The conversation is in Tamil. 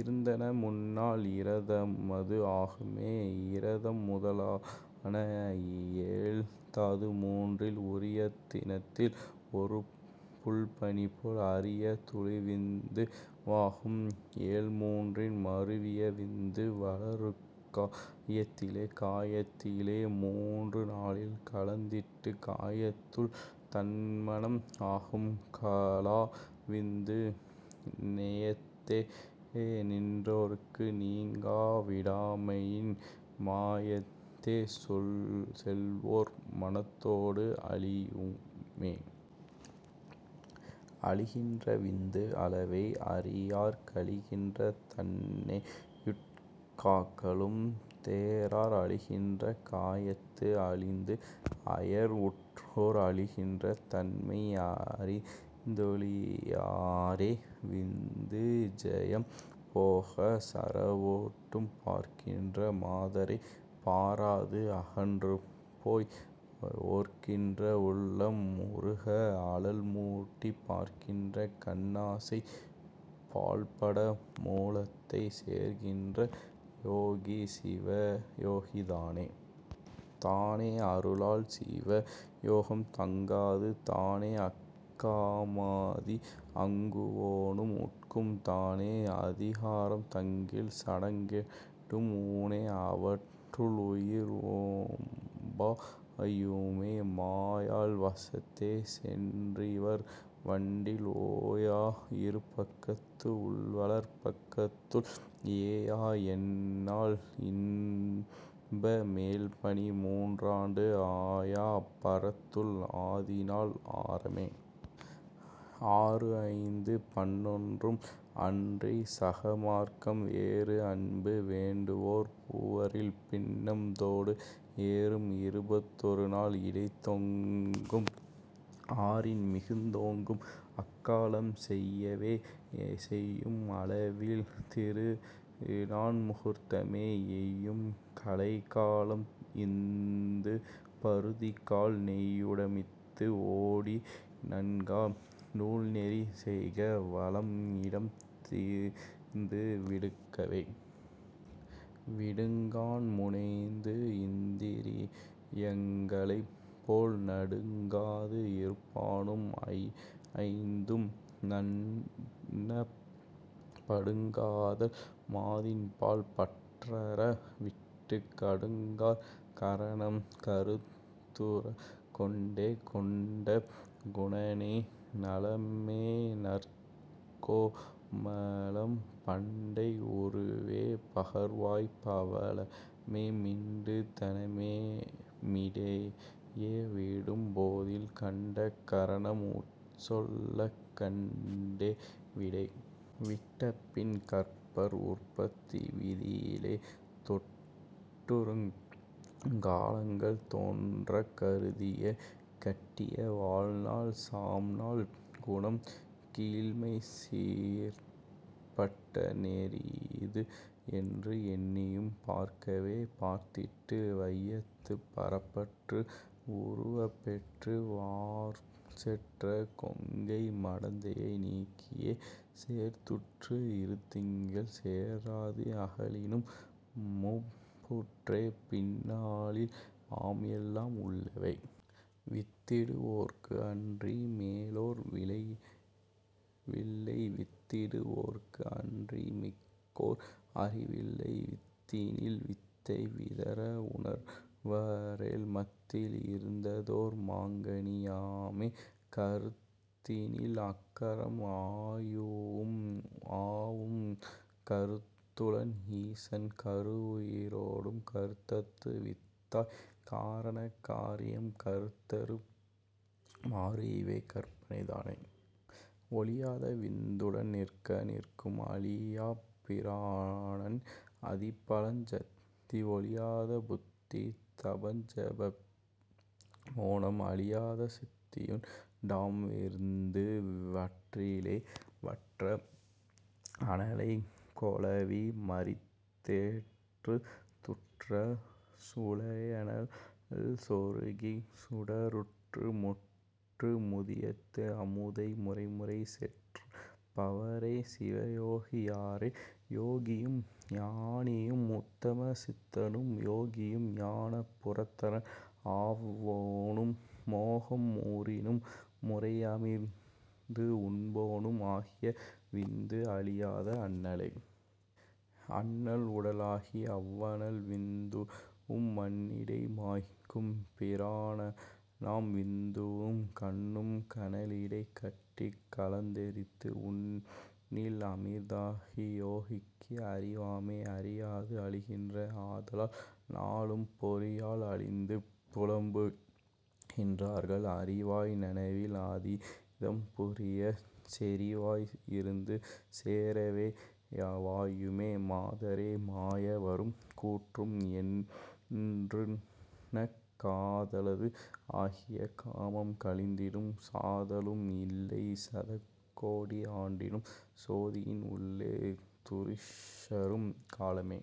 இருந்தன முன்னாள் இரதமது ஆகுமே. இரதம் முதலான ஏழ்தாது மூன்றில் உரிய தினத்தில் ஒருபுல் பனிபோல் அரிய துளிவிந்து வாகும்ஏழ் மூன்றின் மருவிய விந்து வளரும்கா யத்திலே. காயத்தி லேமூன்று நாளில் கலந்திட்டுக் காயத்துள் தன்மனம் ஆகும் கலாவிந்து நேயத்தே நின்றோர்க்கு நீங்கா விடாமையின் மாயத்தே சொல்செல்வோர் மனத்தோடு அழியுமே. அழிகின்ற விந்து அளவை அறியார் கழிகின்ற தன்னையுட் காக்கலும் தேரார் அழிகின்ற காயத்து அழிந்துஅயர் உற்றோர் அழிகின்ற தன்மை அறிந்தொழி யாரே.. விந்து ஜயம் போக சரவோட்டம் பார்க்கின்ற மாதரைப் பாராது அகன்றுபோய் ஓர்க்கின்ற உள்ளம் உருக அழல்மூட்டிப் பார்க்கின்ற கண்ணாசை பாழ்பட மூலத்தே சேர்க்கின்ற யோகி சிவயோகி தானே. தானே அருளால் சிவயோகம் தங்காது தானேஅக் காமாதி அங்குவோ னும் உட்கும் தானே அதிகாரம் தங்கில் சடங்கெடும் ஊனே அவற்றுள் உயிர்ஒம்ப மாயுமே. மாயாள் வசத்தே சென்றிவர் வண்டில் ஓயா இருபக்கத்து உள்வளர் பக்கத்துள் ஏயாஎண் நாள்இன்ப மேல்பனி மூன்றாரண்டு ஆயா அபரத்துள் ஆதிநாள் ஆறமே. ஆறுஐந்து பன்னொன்றும் அன்றிச் சகமார்க்கம் வேறுஅன்பு வேண்டுவோர் பூவரில் பின்னம்தோடு ஏறும் இருபத் தொருநாள் இடைத்தொங்கும் ஆறின் மிகுந்தோங்கும் அக்காலம் செய்யவே. செய்யும் அளவில் திருநான் முகூர்த்தமே எய்யும் கலைகாலம் இந்து பருதிகால் நையுமிடத்து ஓடி நன்கா நூல்நெறி செய்க வலம் இடம் தீர்ந்து விடுக்கவே. விடுங்காண் முனைந்துஇந் திரியங்க ளைப் போல் நடுங்காது இருப்பானும் ஐஐந்தும் நண்ணப் படுங்காதல் மாதின்பால் பற்றற விட்டுக் கடுங்காற் கரணம் கருத்துறக் கொண்டே. கொண்ட குணனே நலமேநற் கோமளம் பண்டை உருவே பகர்வாய் பவளமே மிண்டு தமே மிடைய விடும் போதில் கண்ட கரணம் உட் செல்லக்கண் டேவிடே. விட்டபின் கர்ப்பஉற் பத்தி விதியிலே தொட்டுறுங் காலங்கள் தோன்றக் கருதிய கட்டிய வாழ்நாள் சாம்நாள் குணம் கீழ்மைசீர்ப் பட்ட நெறியிதுஎன்று எண்ணியும் பார்க்கவே. பார்த்திட்டு வையத்துப் பரப்பற்று உருவப்பெற்று வார்ச்செற்ற கொங்கை மடந்தையை நீக்கியே சேர்த்துற்று இருதிங்கள் சேராது அகலினும் மூப்புற்றே பின்னாளில் ஆம்எல்லாம் உள்வே. வித்திடு வோர்க்கு அன்றி மேலோர் விளைவில்லை வித்திடு வோர்க்கு அன்றி மிக்கோர் அறிவில்லை வித்தினில் வித்தை விதற உணர்வரேல் மத்தில் இருந்ததோர் மாங்கனி யாமே. கருத்தினில் அக்கரம் ஆயுவும் யாவும் கருத்துளன் ஈசன் கருஉயிரோடும் கருத்தது வித்தாய்க் காரண காரியம் கருத்தறு மாறுஇவை கற்பனை தானே. ஒழியாத விந்து வுடன்நிற்க நிற்கும் அழியாப் பிராணன் அதிபலஞ் சத்தி ஒழியாத புத்தி தபஞ்செப மோனம் அழியாத சித்தியுண் டாம்விந்து வற்றிலே. வற்ற அனலைக் கொளவி மறித்தேற்றுத் துற்ற சுழியனல் சொருகிக் சுடருற்று முற்று முதியத்து அமுதை முறைமுறை செற்றுண் பவரே சிவயோகி யாரே. யோகியும் ஞானியும் உத்தம சித்தனும் யோகியும் ஞான புரந்தரன் ஆவோனும் மோகம் உறினும் முறைஅமிர்து உண்போனும் ஆகிய விந்து அழியாத அண்ணலே. அண்ணல் உடலாகி அவ்வனல் விந்துவும் மண்ணிடை மாய்க்கும் பிராணனாம் விந்துவும் கண்ணும் கனலிடைக் கட்டிக் கலந்தெரித்து உண்ணில் அமிர்தாகி யோகிக்கு அறிவாமே. அறியாது அழிகின்ற ஆதலால் நாளும் பொறியால் அழிந்து புலம்புகின் றார்கள் அறிவாய் நனவில் அதீதம் புரியச் செறிவாய் இருந்து சேரவே வாயுமே. மாதரை மாய வரும் கூற்றம் என்றுன்னக் காதலது ஆகிய காமம் கழிந்திடும் சாதலும் இல்லை சதகோடி ஆண்டினும் சோதியின் உள்ளே துரிசறும் காலமே.